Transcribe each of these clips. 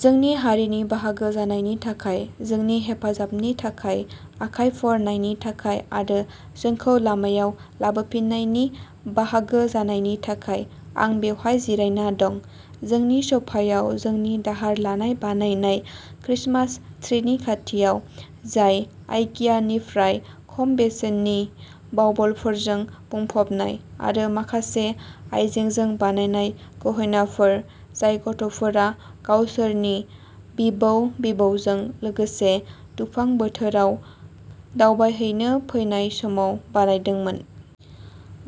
जोंनि हारिनि बाहागो जानायनि थाखाय, जोंनि हेफाजाबनि थाखाय आखाइ फुवारनायनि थाखाय, आरो जोंखौ लामायाव लाबोफिन्नायनि बाहागो जानायनि थाखाय। आं बेवहाय जिरायना दं, जोंनि सफायाव जोंनि दाहार लानाय बानायनाय क्रिसमास ट्रीनि खाथियाव, जाय आइकियानिफ्राय खम बेसेननि बाउबलफोरजों बुंफबनाय, आरो माखासे आखाइजों बानायनाय गहेनाफोर जाय गथ'फोरा गावसोरनि बिबौ बिबौजों लोगोसे दुफां बोथोराव दावबायहैनो फैनाय समाव बानायदोंमोन।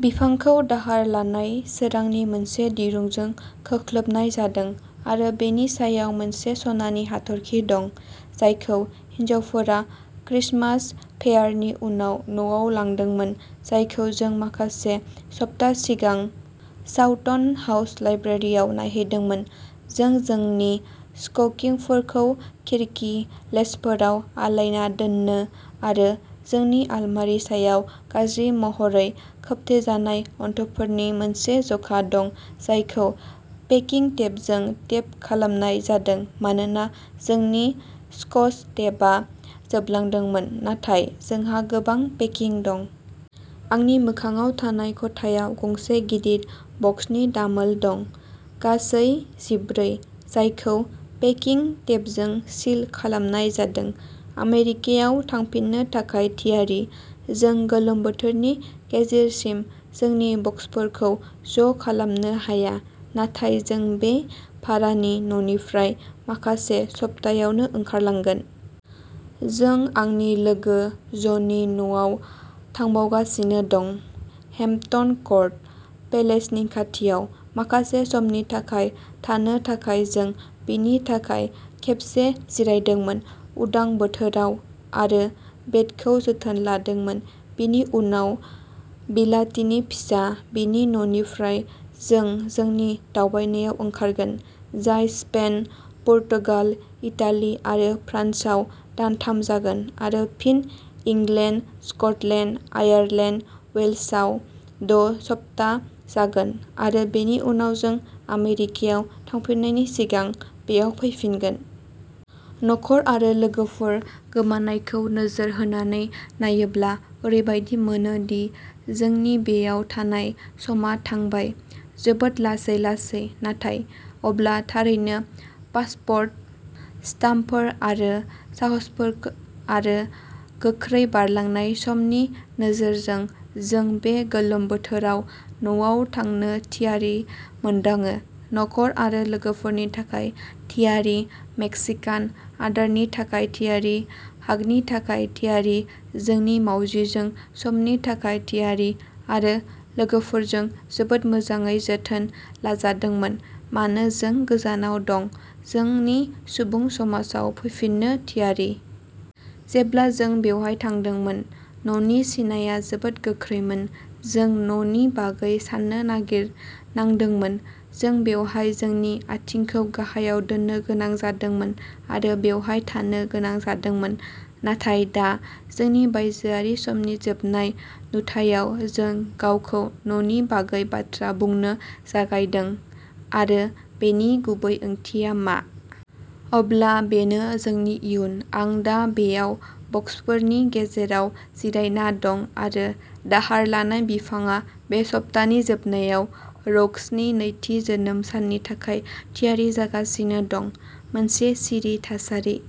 बिफांखौ दाहार लानाय सोरांनि मोनसे दिरुंजों जोख्लोबनाय जादों, आरो बेनि सायाव मोनसे सनानि हाथरखि दं, जायखौ हिनजावफोरा क्रिसमास फेयरनि उनाव न'आव लांदोंमोन, जायखौ जों माखासे सप्ता सिगां चावटन हाउस लाइब्रेरियाव नायहैदोंमोन। जों जोंनि स्टकिंफोरखौ खिरखि लेचफोराव आलायना दोनो, आरो जोंनि आलमारि सायाव गाज्रि महरै खोबथेनाय अनथोबफोरनि मोनसे जखा दं जायखौ पेकिं टेपजों टेप खालामनाय जादों मानोना जोंनि स्कच टेपआ जोबलांदोंमोन, नाथाय जोंहा गोबां पेकिं दं। आंनि मोखाङाव थानाय खथायाव गंसे गिदिर बक्सनि दामोल दं, गासै जिब्रै, जायखौ पेकिं टेपजों सिल खालामनाय जादों, आमेरिकायाव थांफिननो थाखाय थियारि। जों गोलोम बोथोरनि गेजेरसिम जोंनि बक्सफोरखौ ज' खालामनो हाया, नाथाय जों बे भारानि न'निफ्राय माखासे सप्तायावनो ओंखारलांगोन। जों आंनि लोगो ज'नि न'आव थांबावगासिनो दं, हेम्पटन कर्ट पेलेसनि खाथियाव, माखासे समनि थाखाय थानो थाखाय जों बिनि थाखाय खेबसे जिरायदोंमोन, उदां बोथोराव, आरो बेटखौ जोथोन लादोंमोन, बिनि उनाव बिलाथिनि फिसा। बिनि न'निफ्राय जों जोंनि दावबायनायाव ओंखारगोन, जाय स्पेन, पर्तुगाल, इटालि आरो फ्रान्सआव दानथाम जागोन, आरो फिन इंलेन्ड, स्कटलेन्ड, आयारलेन्ड, वेल्सआव द' सप्ता जागोन, आरो बेनि उनाव जों आमेरिकायाव थांफिननायनि सिगां बेयाव फैफिनगोन। नखर आरो लोगोफोर गोमानायखौ नोजोर होनानै नायोब्ला ओरैबादि मोनो दि जोंनि बेयाव थानाय समा थांबाय। जोबोद लासै लासै, नाथाय अब्ला थारैनो पासपर्ट स्टाम्पफोर आरो साहसफोर आरो गोख्रै बारलांनाय समनि नोजोरजों जों बे गोलोम बोथोराव न'आव थांनो थियारि मोनदाङो, नखर आरो लोगोफोरनि थाखाय थियारि, मेक्सिकान आदारनि थाखाय थियारि, हागनि थाखाय थियारि, जोंनि मावजिजों समनि थाखाय थियारि जाय लोगोफोरजों जोबोद मोजाङै जोथोन लाजादोंमोन मानो जों गोजानाव दं, जोंनि सुबुं समाजाव फैफिननो थियारि। जेब्ला जों बेवहाय थांदोंमोन, न'नि सिनाया जोबोद गोख्रोंमोन, जों "न'' नि बागै साननो नागारनांदोंमोन। जों बेवहाय जोंनि आथिंखौ गाहायाव दोन्नो गोनां जादोंमोन आरो बेवहाय थानो गोनां जादोंमोन। नाथाय दा, जोंनि बायजोआरि समनि जोबनाय नुथायाव, जों गावखौ न'नि बागै बाथ्रा बुंनो जागायदों, आरो बेनि गुबै ओंथिया मा। अब्ला बेनो जोंनि इयुन, आरो दा आं बेयाव बक्सफोरनि गेजेराव जिरायना दं आरो दाहार लानाय बिफांआ बे सप्तानि जोबनायाव रौक्सनि नैथि जोनोम साननि थाखाय थियारि जागासिनो दं, मोनसे सिरि थासारि।